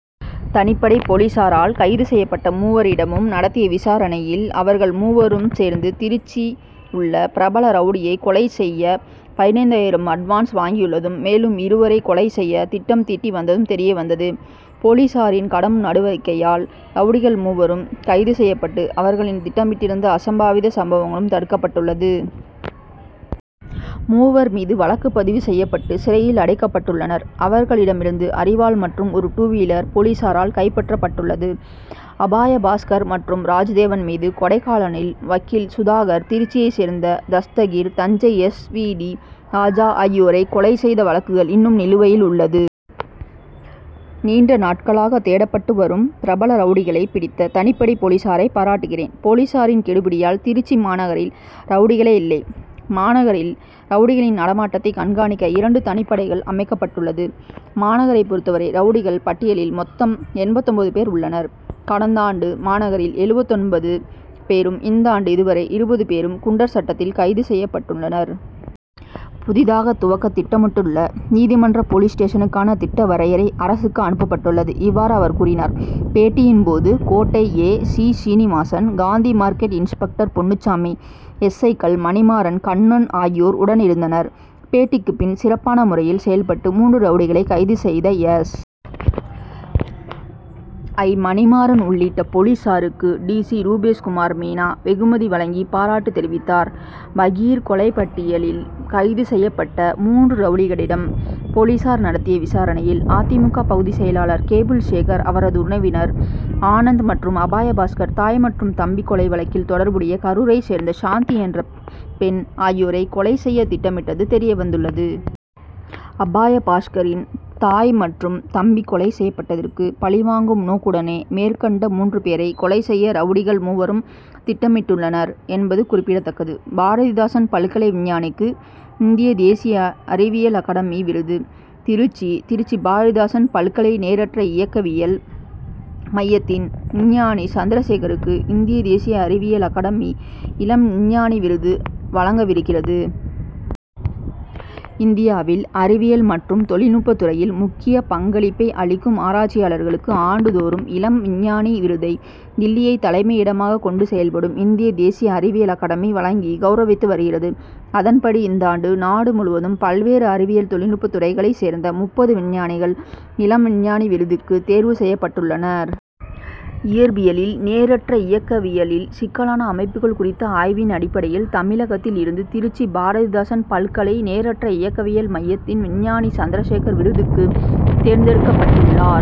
தனிப்படை போலீஸாரால் கைது செய்யப்பட்ட மூவரிடமும் நடத்திய விசாரணையில், அவர்கள் மூவரும் சேர்ந்து திருச்சி உள்ள பிரபல ரவுடியை கொலை செய்ய பதினைந்தாயிரம் அட்வான்ஸ் வாங்கியுள்ளதும், மேலும் இருவரை கொலை செய்ய திட்டம் தீட்டி வந்ததும் தெரியவந்தது. போலீஸாரின் கடும் நடவடிக்கையால் ரவுடிகள் மூவரும் கைது செய்யப்பட்டு, அவர்களின் திட்டமிட்டிருந்த அசம்பாவித சம்பவங்களும் தடுக்கப்பட்டுள்ளது. மூவர் மீது வழக்கு பதிவு செய்யப்பட்டு சிறையில் அடைக்கப்பட்டுள்ளனர். அவர்களிடமிருந்து அரிவாள் மற்றும் ஒரு டூவீலர் போலீஸாரால் கைப்பற்றப்பட்டுள்ளது. அபாய பாஸ்கர் மற்றும் ராஜ்தேவன் மீது கொடைக்கானலில் வக்கீல் சுதாகர், திருச்சியைச் சேர்ந்த Dastagir, Thanjai S. V. T. Raja ஆகியோரை கொலை செய்த வழக்குகள் இன்னும் நிலுவையில் உள்ளது. நீண்ட நாட்களாக தேடப்பட்டு வரும் பிரபல ரவுடிகளை பிடித்த தனிப்படை போலீஸாரை பாராட்டுகிறேன். போலீஸாரின் கெடுபிடியால் திருச்சி மாநகரில் ரவுடிகளே இல்லை. மாநகரில் ரவுடிகளின் நடமாட்டத்தை கண்காணிக்க இரண்டு தனிப்படைகள் அமைக்கப்பட்டுள்ளது. மாநகரைப் பொறுத்தவரை ரவுடிகள் பட்டியலில் மொத்தம் எண்பத்தொன்பது பேர் உள்ளனர். கடந்தாண்டு மாநகரில் எழுபத்தொன்பது பேரும், இந்தாண்டு இதுவரை இருபது பேரும் குண்டர் சட்டத்தில் கைது சய்யப்பட்டுள்ளனர். புதிதாக துவக்க திட்டமிடப்பட்டள்ள நீதிமன்ற போலீஸ் ஸ்டேஷனுக்கான திட்ட வரையறை அரசுக்கு அனுப்பப்பட்டுள்ளது. இவ்வாறு அவர் கூறினார். பேட்டியின் போது, Kottai A. C., Srinivasan, Gandhi Market inspector Ponnusamy, S. ஐ.,க்கள் மணிமாறன், கண்ணன் ஆகியோர் உடனிருந்தனர். பேட்டிக்கு பின் சிறப்பான முறையில் செயல்பட்டு மூன்று ரவுடிகளை கைது செய்த எஸ். ஐ., மணிமாறன் உள்ளிட்ட போலீஸாருக்கு டி. சி. ரூபேஸ்குமார் மீனா வெகுமதி வழங்கி பாராட்டு தெரிவித்தார். 'பகீர்' கொலைப்பட்டியல் கைது செய்யப்பட்ட மூன்று ரவுடிகளிடம் போலீஸார் நடத்திய விசாரணையில், அ. தி. மு. க. பகுதி செயலாளர் கேபிள் சேகர், அவரது உறவினர் ஆனந்த் மற்றும் அபாய பாஸ்கர் தாய் மற்றும் தம்பி கொலை வழக்கில் தொடர்புடைய கரூரைச் சேர்ந்த சாந்தி என்ற பெண் ஆகியோரை கொலை செய்ய திட்டமிட்டது தெரியவந்துள்ளது. அபாய பாஸ்கரின் தாய் மற்றும் தம்பி கொலை செய்யப்பட்டதற்கு பழிவாங்கும் நோக்குடனே மேற்கண்ட மூன்று பேரை கொலை செய்ய ரவுடிகள் மூவரும் திட்டமிட்டுள்ளனர் என்பது குறிப்பிடத்தக்கது. பாரதிதாசன் பல்கலை விஞ்ஞானிக்கு இந்திய தேசிய அறிவியல் அகாடமி விருது திருச்சி திருச்சி பாரதிதாசன் பல்கலை நேரற்ற இயக்கவியல் மையத்தின் விஞ்ஞானி சந்திரசேகருக்கு, இந்திய தேசிய அறிவியல் அகாடமி 'இளம் விஞ்ஞானி' விருது வழங்கவிருக்கிறது. இந்தியாவில் அறிவியல் மற்றும் தொழில்நுட்பத்துறையில் முக்கிய பங்களிப்பை அளிக்கும் ஆராய்ச்சியாளர்களுக்கு ஆண்டுதோறும் 'இளம் விஞ்ஞானி' விருதை, டில்லியை தலைமையிடமாக கொண்டு செயல்படும் இந்திய தேசிய அறிவியல் அகாடமி வழங்கி கௌரவித்து வருகிறது. அதன்படி இந்தாண்டு, நாடு முழுவதும் பல்வேறு அறிவியல் தொழில்நுட்பத்துறைகளை சேர்ந்த முப்பது விஞ்ஞானிகள் இளம் விஞ்ஞானி விருதுக்கு தேர்வு செய்யப்பட்டுள்ளனர். இயற்பியலில் நேரற்ற இயக்கவியலில் சிக்கலான அமைப்புகள் குறித்த ஆய்வின் அடிப்படையில், தமிழகத்தில் இருந்து திருச்சி பாரதிதாசன் பல்கலை நேரற்ற இயக்கவியல் மையத்தின் விஞ்ஞானி சந்திரசேகர் விருதுக்கு தேர்ந்தெடுக்கப்பட்டுள்ளார்.